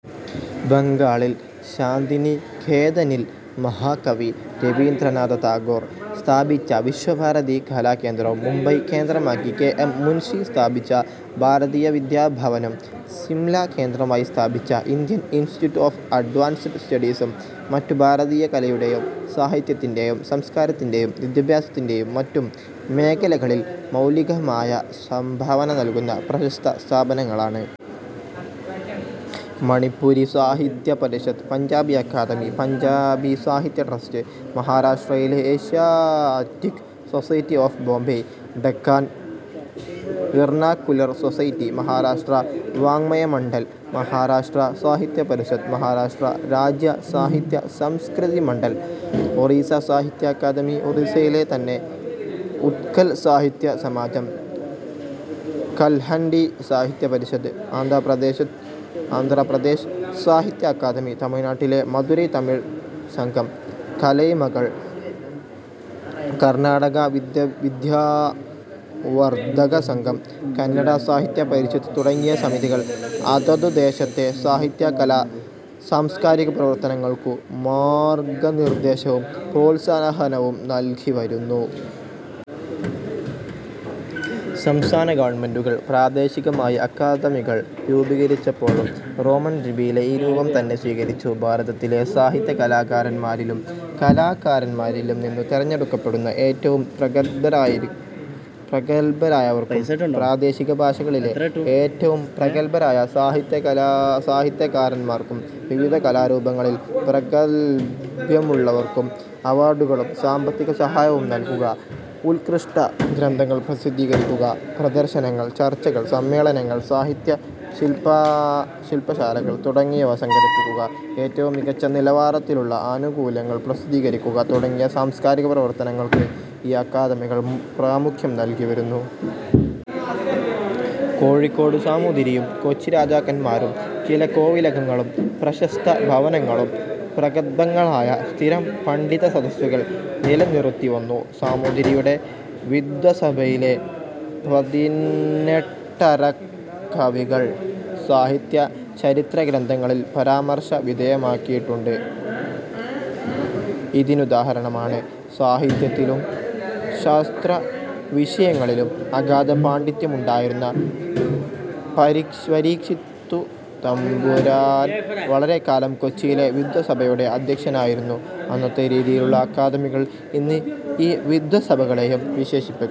ബംഗാളിൽ ശാന്തിനികേതനിൽ മഹാകവി രബീന്ദ്രനാഥ ടാഗോർ സ്ഥാപിച്ച വിശ്വഭാരതി കലാകേന്ദ്രവും മുംബൈ കേന്ദ്രമാക്കി കെ. എം. മുൻഷി സ്ഥാപിച്ച ഭാരതീയവിദ്യാഭവനും സിംല കേന്ദ്രമാക്കി സ്ഥാപിതമായ ഇന്ത്യൻ ഇൻസ്റ്റിറ്റ്യൂട്ട് ഒഫ് അഡ്വാൻസ്ഡ് സ്റ്റഡീസും മറ്റും ഭാരതീയ കലയുടെയും സാഹിത്യത്തിന്റെയും സംസ്കാരത്തിന്റെയും വിദ്യാഭ്യാസത്തിന്റെയും മറ്റും മേഖലകളിൽ മൌലികമായ സംഭാവന നല്കുന്ന പ്രശസ്ത സ്ഥാപനങ്ങളാണ്. മണിപ്പുരി സാഹിത്യപരിഷത്, പഞ്ചാബി അക്കാദമി, പഞ്ചാബി സാഹിത്യ ട്രസ്റ്റ്, മഹാരാഷ്ട്രയിലെ Asiatic society of Bombay, Deccan vernacular society, Maharashtra വാങ്മയ മണ്ഡൽ, മഹാരാഷ്ട്ര സാഹിത്യപരിഷത്, മഹാരാഷ്ട്ര രാജ്യ സാഹിത്യസംസ്കൃതി മണ്ഡൽ, ഒറീസ സാഹിത്യ അക്കാദമി, ഒറീസയിലെ തന്നെ ഉത്കൽ സാഹിത്യസമാജം, കല്ഹൻഡി സാഹിത്യപരിഷത്, ആന്ധ്രാപ്രദേശ് സാഹിത്യ അക്കാദമി, തമിഴ്നാട്ടിലെ മധുരൈ തമിഴ് സംഘം, കലൈമകൾ, കർണാടക വിദ്യാവർധകസംഘം, കന്നഡ സാഹിത്യപരിഷത് തുടങ്ങിയ സമിതികൾ അതതു ദേശത്തെ സാഹിത്യകലാ സാംസ്കാരിക പ്രവർത്തനങ്ങൾക്കു മാർഗനിർദ്ദേശവും പ്രോത്സാഹനവും നല്കി വന്നു. സംസ്ഥാന ഗവൺമെന്റുകൾ പ്രാദേശികമായി അക്കാദമികൾ രൂപീകരിച്ചപ്പോഴും റോമൻ ലിപിയിൽ ഈ രൂപം തന്നെ സ്വീകരിച്ചു. ഭാരതത്തിലെ സാഹിത്യകാരന്മാരിലും കലാകാരന്മാരിലും നിന്നു തെരഞ്ഞെടുക്കപ്പെടുന്ന ഏറ്റവും പ്രഗല്ഭരായവർക്കും പ്രാദേശിക ഭാഷകളിലെ ഏറ്റവും പ്രഗല്ഭരായ സാഹിത്യകാരന്മാർക്കും വിവിധ കലാരൂപങ്ങളിൽ പ്രാഗല്ഭ്യമുള്ളവർക്കും അവാർഡുകളും സാമ്പത്തിക സഹായവും നല്കുക; ഉത്കൃഷ്ട ഗ്രന്ഥങ്ങൾ പ്രസിദ്ധീകരിക്കുക; പ്രദർശനങ്ങൾ, ചർച്ചകൾ, സമ്മേളനങ്ങൾ, സാഹിത്യശില്പശാലകൾ തുടങ്ങിയവ സംഘടിപ്പിക്കുക; ഏറ്റവും മികച്ച നിലവാരത്തിലുള്ള ആനുകാലികങ്ങൾ പ്രസിദ്ധീകരിക്കുക തുടങ്ങിയ സാംസ്കാരിക പ്രവർത്തനങ്ങൾക്ക് ഈ അക്കാദമികൾ പ്രാമുഖ്യം നല്കി വരുന്നു. കോഴിക്കോടു സാമൂതിരിയും കൊച്ചി രാജാക്കന്മാരും ചില കോവിലകങ്ങളും പ്രശസ്ത ഭവനങ്ങളും പ്രഗല്ഭങ്ങളായ സ്ഥിരം പണ്ഡിതസദസ്സുകൾ നിലനിറുത്തിവന്നു. സാമൂതിരിയുടെ വിദ്വത്സഭയിലെ പതിനെട്ടരക്കവികൾ സാഹിത്യചരിത്രഗ്രന്ഥങ്ങളിൽ പരാമർശ വിധേയമായിട്ടുള്ളത് ഇതിനുദാഹരണമാണ്. സാഹിത്യത്തിലും ശാസ്ത്രവിഷയങ്ങളിലും അഗാധ പാണ്ഡിത്യമുണ്ടായിരുന്ന പരീക്ഷിത്തുതമ്പുരാൻ വളരെക്കാലം കൊച്ചിയിലെ വിദ്വത്സഭയുടെ അധ്യക്ഷനായിരുന്നു. അന്നത്തെ രീതിയിലുള്ള അക്കാദമികൾ എന്ന് ഈ വിദ്വത്സഭകളെയും വിശേഷിപ്പിക്കാം.